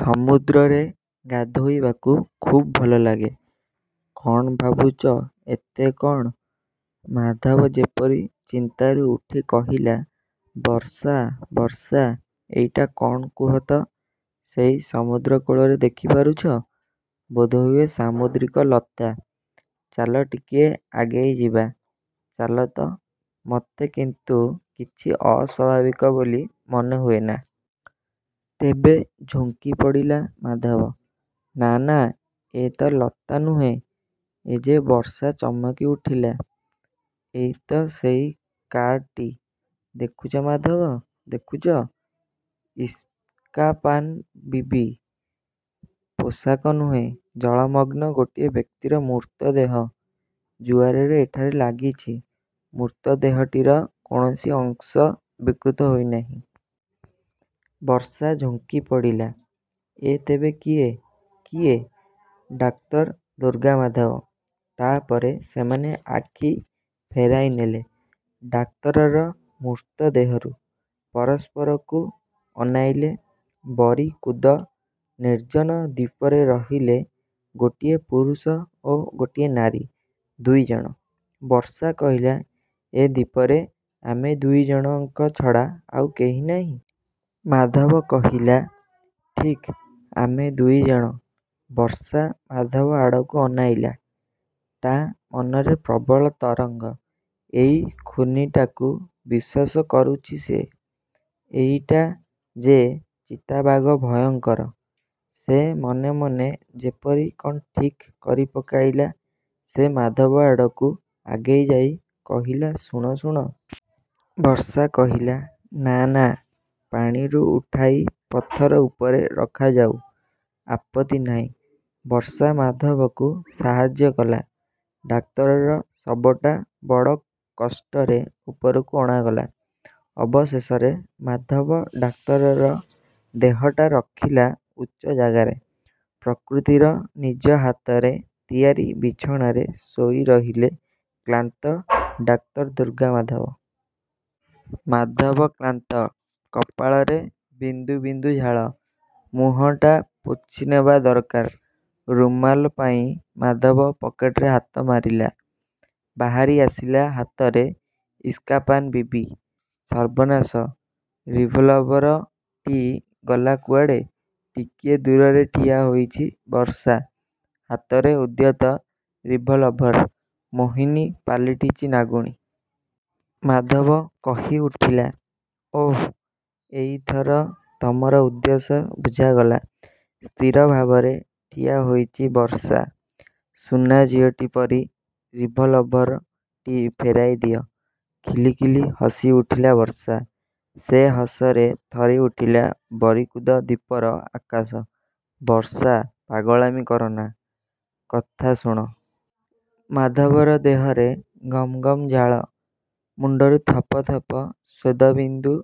ସମୁଦ୍ରରେ ଗାଧୋଇବାକୁ ଖୁବ୍ ଭଲ ଲାଗେ। କ'ଣ ଭାବୁଛ ଏତେ କ'ଣ? ମାଧବ ଯେପରି ଚିନ୍ତାରୁ ଉଠି କହିଲା, ବର୍ଷା, ବର୍ଷା, ଏଇଟା କ'ଣ କୁହ ତ? ସେଇ ସମୁଦ୍ର କୂଳରେ ଦେଖିପାରୁଛ? ବୋଧହୁଏ ସାମୁଦ୍ରିକ ଲତା। ଚାଲ ଟିକିଏ ଆଗେଇଯିବା, ଚାଲ ତ। ମୋତେ କିନ୍ତୁ କିଛି ଅସ୍ୱାଭାବିକ ବୋଲି ମନେହୁଏନା। ତେବେ ଝୁଙ୍କିପଡ଼ିଲା ମାଧବ, ନା, ନା, ଏ ତ ଲତା ନୁହେଁ, ଏ ଯେ ବର୍ଷା ଚମକିଉଠିଲା, ଏଇ ତ ସେଇ କାର୍ଡ଼ଟି! ଦେଖୁଛ ମାଧବ, ଦେଖୁଛ, ଇସ୍କାପାନ ବିବି! ପୋଷାକ ନୁହେଁ, ଜଳମଗ୍ନ ଗୋଟିଏ ବ୍ୟକ୍ତିର ମୃତଦେହ। ଜୁଆରରେ ଏଠାରେ ଲାଗିଛି। ମୃତଦେହଟିର କୌଣସି ଅଂଶ ବିକୃତ ହୋଇନାହିଁ। ବର୍ଷା ଝୁଙ୍କିପଡ଼ିଲା। ଏ ତେବେ କିଏ? କିଏ? ଡାକ୍ତର ଦୁର୍ଗାମାଧବ! ତା ପରେ ସେମାନେ ଆଖି ଫେରାଇନେଲେ ଡାକ୍ତରର ମୃତଦେହରୁ। ପରସ୍ପରକୁ ଅନାଇଲେ। ବରିକୁଦ ନିର୍ଜନ ଦ୍ୱୀପରେ ରହିଲେ ଗୋଟିଏ ପୁରୁଷ ଓ ଗୋଟିଏ ନାରୀ, ଦୁଇ ଜଣ! ବର୍ଷା କହିଲା, ଏ ଦ୍ଵୀପରେ ଆମେ ଦୁଇ ଜଣଙ୍କ ଛଡ଼ା ଆଉ କେହି ନାହିଁ। ମାଧବ କହିଲା, ଠିକ୍ ଆମେ ଦୁଇ ଜଣ। ବର୍ଷା ମାଧବ ଆଡ଼କୁ ଅନାଇଲା। ତା ମନରେ ପ୍ରବଳ ତରଙ୍ଗ, ଏଇ ଖୁନୀଟାକୁ ବିଶ୍ୱାସ କରୁଛି ସେ! ଏଇଟା ଯେ ଚିତାବାଘ ଭୟଙ୍କର। ସେ ମନେ ମନେ ଯେପରି କ'ଣ ଠିକ୍ କରିପକାଇଲା। ସେ ମାଧବ ଆଡ଼କୁ ଆଗେଇଯାଇ କହିଲା, ଶୁଣ, ଶୁଣ। ବର୍ଷା କହିଲା, ନା, ନା। ପାଣିରୁ ଉଠାଇ ପଥର ଉପରେ ରଖାଯାଉ। ଆପତ୍ତି ନାହିଁ। ବର୍ଷା ମାଧବକୁ ସାହାଯ୍ୟ କଲା। ଡାକ୍ତରର ଶବଟା ବଡ଼ କଷ୍ଟରେ ଉପରକୁ ଅଣାଗଲା। ଅବଶେଷରେ ମାଧବ ଡାକ୍ତରର ଦେହଟା ରଖିଲା ଉଚ୍ଚ ଜାଗାରେ। ପ୍ରକୃତିର ନିଜ ହାତରେ ତିଆରି ବିଛଣାରେ ଶୋଇରହିଲେ କ୍ଳାନ୍ତ ଡାକ୍ତର ଦୁର୍ଗାମାଧବ। ମାଧବ କ୍ଳାନ୍ତ। କପାଳରେ ବିନ୍ଦୁ ବିନ୍ଦୁ ଝାଳ। ମୁହଁଟା ପୋଛିନେବା ଦରକାର। ରୁମାଲ ପାଇଁ ମାଧବ ପକେଟରେ ହାତ ମାରିଲା। ବାହାରିଆସିଲା ହାତରେ ଇସ୍କାପାନ ବିବି। ସର୍ବନାଶ! ରିଭଲଭର ଟି ଗଲା କୁଆଡ଼େ? ଟିକିଏ ଦୂରରେ ଠିଆ ହୋଇଛି ବର୍ଷା। ହାତରେ ଉଦ୍ୟତ ରିଭଲଭର! ମୋହିନୀ ପାଲଟିଛି ନାଗୁଣୀ। ମାଧବ କହିଉଠିଲା, ଓ! ଏଇଥର ତମର ଉଦ୍ଦେଶ୍ୟ ବୁଝାଗଲା। ସ୍ଥିର ଭାବରେ ଠିଆ ହୋଇଛି ବର୍ଷା। ସୁନା ଝିଅଟି ପରି ରିଭଲଭର ଟି ଫେରାଇଦିଅ। ଖିଲି ଖିଲି ହସିଉଠିଲା ବର୍ଷା। ସେ ହସରେ ଥରିଉଠିଲା ବରିକୁଦ ଦ୍ଵୀପର ଆକାଶ। ବର୍ଷା, ପାଗଳାମି କରନା। କଥା ଶୁଣ। ମାଧବର ଦେହରେ ଗମ ଗମ ଝାଳ। ମୁଣ୍ଡରୁ ଥପ ଥପ ସ୍ୱେଦବିନ୍ଦୁ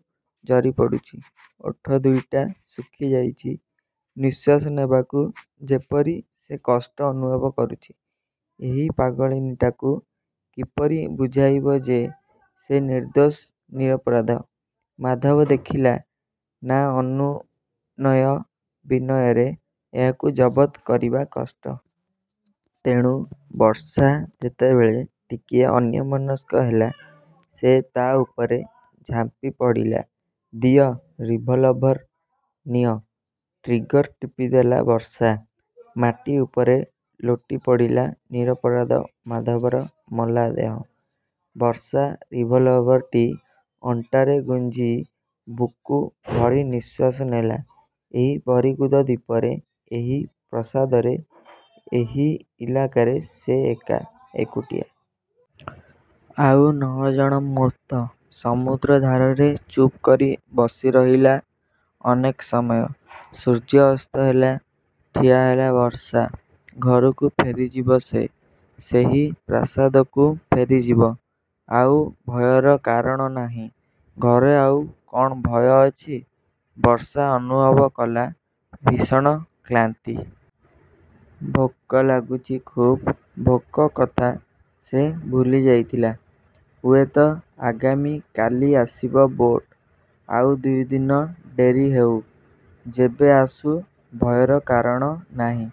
ଝରିପଡ଼ୁଛି। ଓଠ ଦୁଇଟା ଶୁଖିଯାଇଛି। ନିଶ୍ୱାସ ନେବାକୁ ଯେପରି ସେ କଷ୍ଟ ଅନୁଭବ କରୁଛି। ଏହି ପାଗଳିନୀଟାକୁ କିପରି ବୁଝାଇବ ଯେ ସେ ନିର୍ଦ୍ଦୋଷ ନିଅରପରାଧ! ମାଧବ ଦେଖିଲା, ନା ଅନୁନୟ ବିନୟରେ ଏହାକୁ ଜବତ କରିବା କଷ୍ଟ। ତେଣୁ ବର୍ଷା ଯେତେବେଳେ ଟିକିଏ ଅନ୍ୟମନସ୍କ ହେଲା, ସେ ତା ଉପରେ ଝାମ୍ପିପଡ଼ିଲା ଦିଅ ରିଭଲଭର। ନିଅ। ଟ୍ରିଗର ଟିପିଦେଲା ବର୍ଷା। ମାଟି ଉପରେ ଲୋଟିପଡ଼ିଲା ନିରପରାଧ ମାଧବର ମଲାଦେହ। ବର୍ଷା ରିଭଲଭର ଟି ଅଣ୍ଟାରେ ଗୁଞ୍ଜି ବୁକୁ ଭରି ନିଃଶ୍ୱାସ ନେଲା। ଏହି ବରିକୁଦ ଦ୍ଵୀପରେ ଏହି ପ୍ରାସାଦରେ ଏହି ଇଲାକାରେ ସେ ଏକା, ଏକୁଟିଆ। ଆଉ ନଅ ଜଣ ମୃତ। ସମୁଦ୍ର ଧାରରେ ଚୁପକରି ବସିରହିଲା ଅନେକ ସମୟ। ସୂର୍ଯ୍ୟ ଅସ୍ତ ହେଲା। ଠିଆ ହେଲା ବର୍ଷା। ଘରକୁ ଫେରିଯିବ ସେ। ସେହି ପ୍ରାସାଦକୁ ଫେରିଯିବ। ଆଉ ଭୟର କାରଣ ନାହିଁ। ଘରେ ଆଉ କ'ଣ ଭୟ ଅଛି? ବର୍ଷା ଅନୁଭବ କଲା ଭୀଷଣ କ୍ଳାନ୍ତି। ଭୋକ ଲାଗୁଛି ଖୁବ୍। ଭୋକ କଥା ସେ ଭୁଲିଯାଇଥିଲା। ହୁଏତ ଆଗାମୀ କାଲି ଆସିବ ବୋଟ। ଆଉ ଦୁଇ ଦିନ ଡେରି ହେଉ। ଯେବେ ଆସୁ, ଭୟର କାରଣ ନାହିଁ।